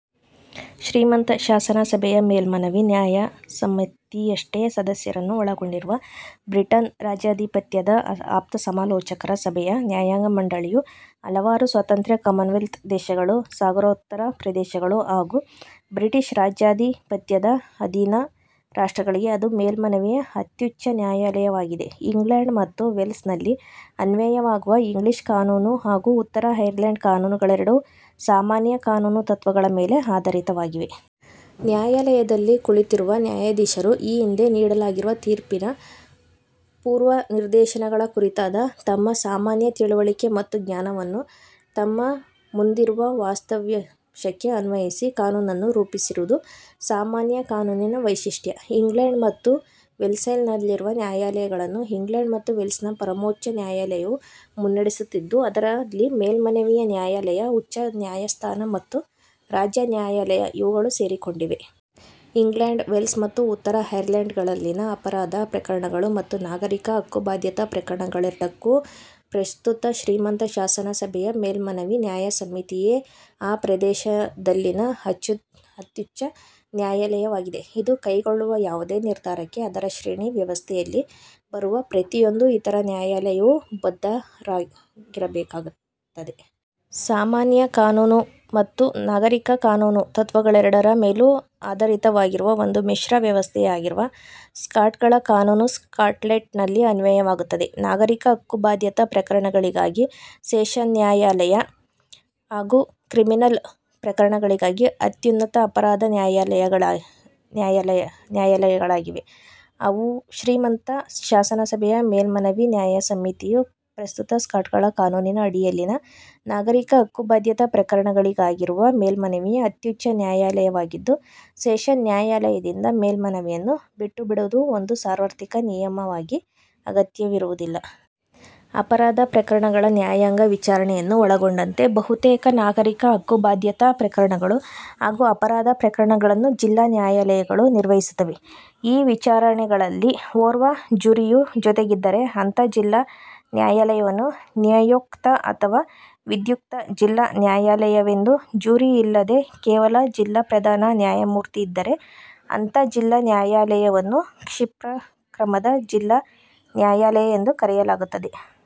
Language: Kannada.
ಶ್ರೀಮಂತ ಶಾಸನಸಭೆ ಯ ಮೇಲ್ಮನವಿ ನ್ಯಾಯಸಮಿತಿಯಷ್ಟೇ ಸದಸ್ಯರನ್ನು ಒಳಗೊಂಡಿರುವ ಬ್ರಿಟನ್ ರಾಜಾಧಿಪತ್ಯದ ಆಪ್ತಸಮಾಲೋಚಕರ ಸಭೆಯ ನ್ಯಾಯಾಂಗ ಮಂಡಳಿ ಯು ಹಲವಾರು ಸ್ವತಂತ್ರ ಕಾಮನ್ವೆಲ್ತ್ ದೇಶಗಳು, ಸಾಗರೋತ್ತರ ಪ್ರದೇಶಗಳು ಹಾಗೂ ಬ್ರಿಟಿಷ್ ರಾಜಾಧಿಪತ್ಯದ ಅಧೀನ ರಾಷ್ಟ್ರಗಳಿಗೆ ಅದು ಮೇಲ್ಮನವಿಯ ಅತ್ಯುಚ್ಚ ನ್ಯಾಯಾಲಯವಾಗಿದೆ. ಇಂಗ್ಲೆಂಡ್ ಮತ್ತು ವೇಲ್ಸ್ ನಲ್ಲಿ ಅನ್ವಯವಾಗುವ ಇಂಗ್ಲೀಷ್ ಕಾನೂನು ಹಾಗೂ ಉತ್ತರ ಐರ್ಲೆಂಡ್ ಕಾನೂನು ಗಳೆರಡೂ ಸಾಮಾನ್ಯ ಕಾನೂನು ತತ್ವಗಳ ಮೇಲೆ ಆಧರಿತವಾಗಿವೆ. ನ್ಯಾಯಾಲಯ ದಲ್ಲಿ ಕುಳಿತಿರುವ ನ್ಯಾಯಾಧೀಶ ರು, ಈ ಹಿಂದೆ ನೀಡಲಾಗಿರುವ ತೀರ್ಪಿನ ಪೂರ್ವ ನಿದರ್ಶನಗಳ ಕುರಿತಾದ ತಮ್ಮ ಸಾಮಾನ್ಯ ತಿಳುವಳಿಕೆ ಮತ್ತು ಜ್ಞಾನವನ್ನು ತಮ್ಮ ಮುಂದಿರುವ ವಾಸ್ತವಾಂಶಕ್ಕೆ ಅನ್ವಯಿಸಿ, ಕಾನೂನನ್ನು ರೂಪಿಸಿರುವುದು ಸಾಮಾನ್ಯ ಕಾನೂನಿನ ವೈಶಿಷ್ಟ್ಯ. ಇಂಗ್ಲೆಂಡ್ ಮತ್ತು ವೇಲ್ಸ್ನಲ್ಲಿರುವ ನ್ಯಾಯಾಲಯ ಗಳನ್ನು ಇಂಗ್ಲೆಂಡ್ ಮತ್ತು ವೇಲ್ಸ್ನ ಪರಮೋಚ್ಚ ನ್ಯಾಯಾಲಯವು ಮುನ್ನಡೆಸುತ್ತಿದ್ದು, ಅದರಲ್ಲಿ ಮೇಲ್ಮನವಿಯ ನ್ಯಾಯಾಲಯ, ಉಚ್ಚ ನ್ಯಾಯಸ್ಥಾನ ಮತ್ತು ರಾಜ ನ್ಯಾಯಾಲಯ ಇವುಗಳು ಸೇರಿಕೊಂಡಿವೆ. ಇಂಗ್ಲೆಂಡ್, ವೇಲ್ಸ್ ಮತ್ತು ಉತ್ತರ ಐರ್ಲೆಂಡ್ ಗಳಲ್ಲಿನ ಅಪರಾಧ ಪ್ರಕರಣಗಳು ಮತ್ತು ನಾಗರಿಕ ಹಕ್ಕುಬಾಧ್ಯತಾ ಪ್ರಕರಣಗಳೆರಡಕ್ಕೂ ಪ್ರಸ್ತುತ ಶ್ರೀಮಂತ ಶಾಸನ ಸಭೆ ಯ ಮೇಲ್ಮನವಿ ನ್ಯಾಯಸಮಿತಿಯೇ ಆ ಪ್ರದೇಶದಲ್ಲಿನ ಅತ್ಯುಚ್ಚ ನ್ಯಾಯಾಲಯವಾಗಿದೆ. ಇದು ಕೈಗೊಳ್ಳುವ ಯಾವುದೇ ನಿರ್ಧಾರಕ್ಕೆ ಅದರ ಶ್ರೇಣಿ ವ್ಯವಸ್ಥೆಯಲ್ಲಿ ಬರುವ ಪ್ರತಿಯೊಂದು ಇತರ ನ್ಯಾಯಾಲಯವೂ ಬದ್ಧವಾಗಿರಬೇಕಾಗುತ್ತದೆ. ಸಾಮಾನ್ಯ ಕಾನೂನು ಮತ್ತು ನಾಗರಿಕ ಕಾನೂನು ತತ್ವಗಳೆರಡರ ಮೇಲೂ ಆಧರಿತವಾಗಿರುವ ಒಂದು ಮಿಶ್ರ ವ್ಯವಸ್ಥೆಯಾಗಿರುವ ಸ್ಕಾಟ್ಗಳ ಕಾನೂನು ಸ್ಕಾಟ್ಲೆಂಡ್ ನಲ್ಲಿ ಅನ್ವಯವಾಗುತ್ತದೆ. ನಾಗರಿಕ ಹಕ್ಕುಬಾಧ್ಯತಾ ಪ್ರಕರಣಗಳಿಗಾಗಿ ಸೆಷನ್ ನ್ಯಾಯಾಲಯ ಹಾಗೂ ಕ್ರಿಮಿನಲ್ ಪ್ರಕರಣಗಳಿಗಾಗಿ ಅತ್ಯುನ್ನತ ಅಪರಾಧ ನ್ಯಾಯಾಲಯ ಗಳಿದ್ದು, ಅವು ಪ್ರಮುಖ ನ್ಯಾಯಾಲಯಗಳಾಗಿವೆ. ಶ್ರೀಮಂತ ಶಾಸನಸಭೆ ಯ ಮೇಲ್ಮನವಿ ನ್ಯಾಯಸಮಿತಿಯು ಪ್ರಸ್ತುತ ಸ್ಕಾಟ್ಗಳ ಕಾನೂನಿನ ಅಡಿಯಲ್ಲಿನ ನಾಗರಿಕ ಹಕ್ಕುಬಾಧ್ಯತಾ ಪ್ರಕರಣಗಳಿಗಾಗಿರುವ ಮೇಲ್ಮನವಿಯ ಅತ್ಯುಚ್ಚ ನ್ಯಾಯಾಲಯವಾಗಿದ್ದು, ಸೆಷನ್ ನ್ಯಾಯಾಲಯದಿಂದ ಮೇಲ್ಮನವಿಯನ್ನು ಬಿಟ್ಟುಬಿಡುವುದು ಒಂದು ಸಾರ್ವತ್ರಿಕ ನಿಯಮವಾಗಿ ಅಗತ್ಯವಿರುವುದಿಲ್ಲ. ಅಪರಾಧ ಪ್ರಕರಣಗಳ ನ್ಯಾಯಾಂಗ ವಿಚಾರಣೆ ಯನ್ನು ಒಳಗೊಂಡಂತೆ, ಬಹುತೇಕ ನಾಗರಿಕ ಹಕ್ಕುಬಾಧ್ಯತಾ ಪ್ರಕರಣಗಳು ಹಾಗೂ ಅಪರಾಧ ಪ್ರಕರಣಗಳನ್ನು ಜಿಲ್ಲಾ ನ್ಯಾಯಾಲಯ ಗಳು ನಿರ್ವಹಿಸುತ್ತವೆ. ಈ ವಿಚಾರಣೆಗಳಲ್ಲಿ ಓರ್ವ ಜ್ಯೂರಿಯು ಜೊತೆಗಿದ್ದರೆ ಅಂಥಾ ಜಿಲ್ಲಾ ನ್ಯಾಯಾಲಯವನ್ನು ನ್ಯಾಯೋಕ್ತ ಅಥವಾ ವಿಧ್ಯುಕ್ತ ಜಿಲ್ಲಾ ನಾಯಾಲಯವೆಂದೂ, ಜ್ಯೂರಿ ಇಲ್ಲದೇ ಕೇವಲ ಜಿಲ್ಲಾ ಪ್ರಧಾನ ನ್ಯಾಯಮೂರ್ತಿಯಿದ್ದರೆ ಅಂಥಾ ಜಿಲ್ಲಾ ನ್ಯಾಯಾಲಯವನ್ನು ಕ್ಷಿಪ್ರಕ್ರಮದ ಜಿಲ್ಲಾ ನ್ಯಾಯಾಲಯ ಎಂದು ಕರೆಯಲಾಗುತ್ತದೆ.